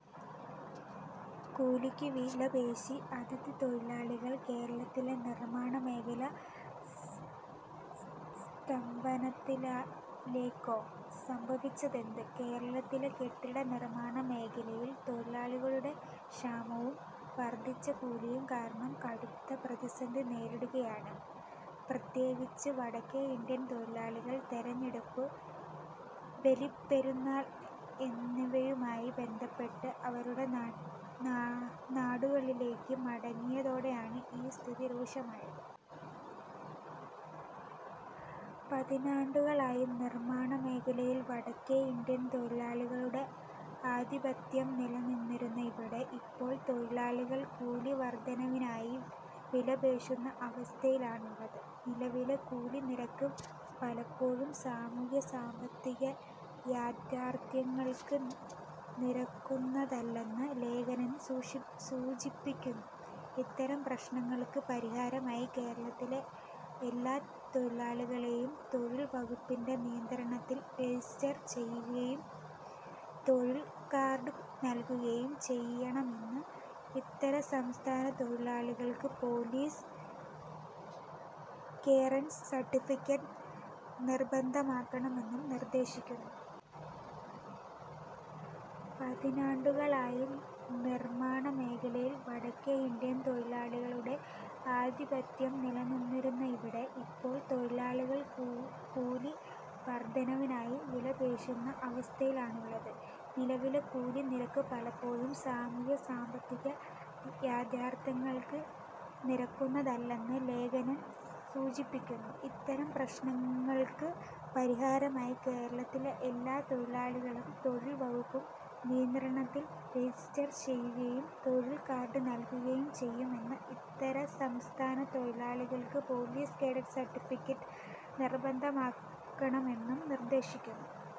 കൂലിക്ക് വിലപേശി അതിഥിതൊഴിലാളികൾ; കേരളത്തിൽ നിർമാണമേഖല സ്തംഭനത്തിലേക്കോ? സംഭവിച്ചതെന്ത്? കേരളത്തിലെ കെട്ടിട നിർമ്മാണ മേഖലയിൽ തൊഴിലാളികളുടെ ക്ഷാമവും വർധിച്ച കൂലിയും കാരണം കടുത്ത പ്രതിസന്ധി നേരിടുകയാണ്, പ്രത്യേകിച്ച് വടക്കേ ഇന്ത്യൻ തൊഴിലാളികൾ തെരഞ്ഞെടുപ്പ്, ബലിപെരുന്നാൾ എന്നിവയുമായി ബന്ധപ്പെട്ട് അവരുടെ നാടുകളിലേക്ക് മടങ്ങിയതോടെയാണ് ഈ സ്ഥിതി രൂക്ഷമായത്. പതിറ്റാണ്ടുകളായി നിർമ്മാണ മേഖലയിൽ വടക്കേ ഇന്ത്യൻ തൊഴിലാളികളുടെ ആധിപത്യം നിലനിന്നിരുന്ന ഇവിടെ, ഇപ്പോൾ തൊഴിലാളികൾ കൂലി വർധനവിനായി വിലപേശുന്ന അവസ്ഥയാണുള്ളത്. നിലവിലെ കൂലി നിരക്ക് പലപ്പോഴും സാമൂഹിക-സാമ്പത്തിക യാഥാർഥ്യങ്ങൾക്ക് നിരക്കുന്നതല്ലെന്ന് ലേഖകൻ സൂചിപ്പിക്കുന്നു. ഇത്തരം പ്രശ്നങ്ങൾക്ക് പരിഹാരമായി, കേരളത്തിലെ എല്ലാ തൊഴിലാളികളെയും തൊഴിൽ വകുപ്പിന്റെ നിയന്ത്രണത്തിൽ രജിസ്റ്റർ ചെയ്യുകയും തൊഴിൽ കാർഡ് നൽകുകയും ചെയ്യണമെന്നും, ഇതരസംസ്ഥാന തൊഴിലാളികൾക്ക് പോലീസ് ക്ലിയറൻസ് സർട്ടിഫിക്കറ്റ് നിർബന്ധമാക്കണമെന്നും നിർദ്ദേശിക്കുന്നു. പതിറ്റാണ്ടുകളായി നിർമ്മാണ മേഖലയിൽ വടക്കേ ഇന്ത്യൻ തൊഴിലാളികളുടെ ആധിപത്യം നിലനിന്നിരുന്ന ഇവിടെ, ഇപ്പോൾ തൊഴിലാളികൾ കൂലി വർധനവിനായി വിലപേശുന്ന അവസ്ഥയാണുള്ളത്. നിലവിലെ കൂലി നിരക്ക് പലപ്പോഴും സാമൂഹിക-സാമ്പത്തിക യാഥാർഥ്യങ്ങൾക്ക് നിരക്കുന്നതല്ലെന്ന് ലേഖകൻ സൂചിപ്പിക്കുന്നു. ഇത്തരം പ്രശ്നങ്ങൾക്ക് പരിഹാരമായി, കേരളത്തിലെ എല്ലാ തൊഴിലാളികളെയും തൊഴിൽ വകുപ്പിന്റെ നിയന്ത്രണത്തിൽ രജിസ്റ്റർ ചെയ്യുകയും തൊഴിൽ കാർഡ് നൽകുകയും ചെയ്യണമെന്നും, ഇതരസംസ്ഥാന തൊഴിലാളികൾക്ക് പോലീസ് ക്ലിയറൻസ് സർട്ടിഫിക്കറ്റ് നിർബന്ധമാക്കണമെന്നും നിർദ്ദേശിക്കുന്നു.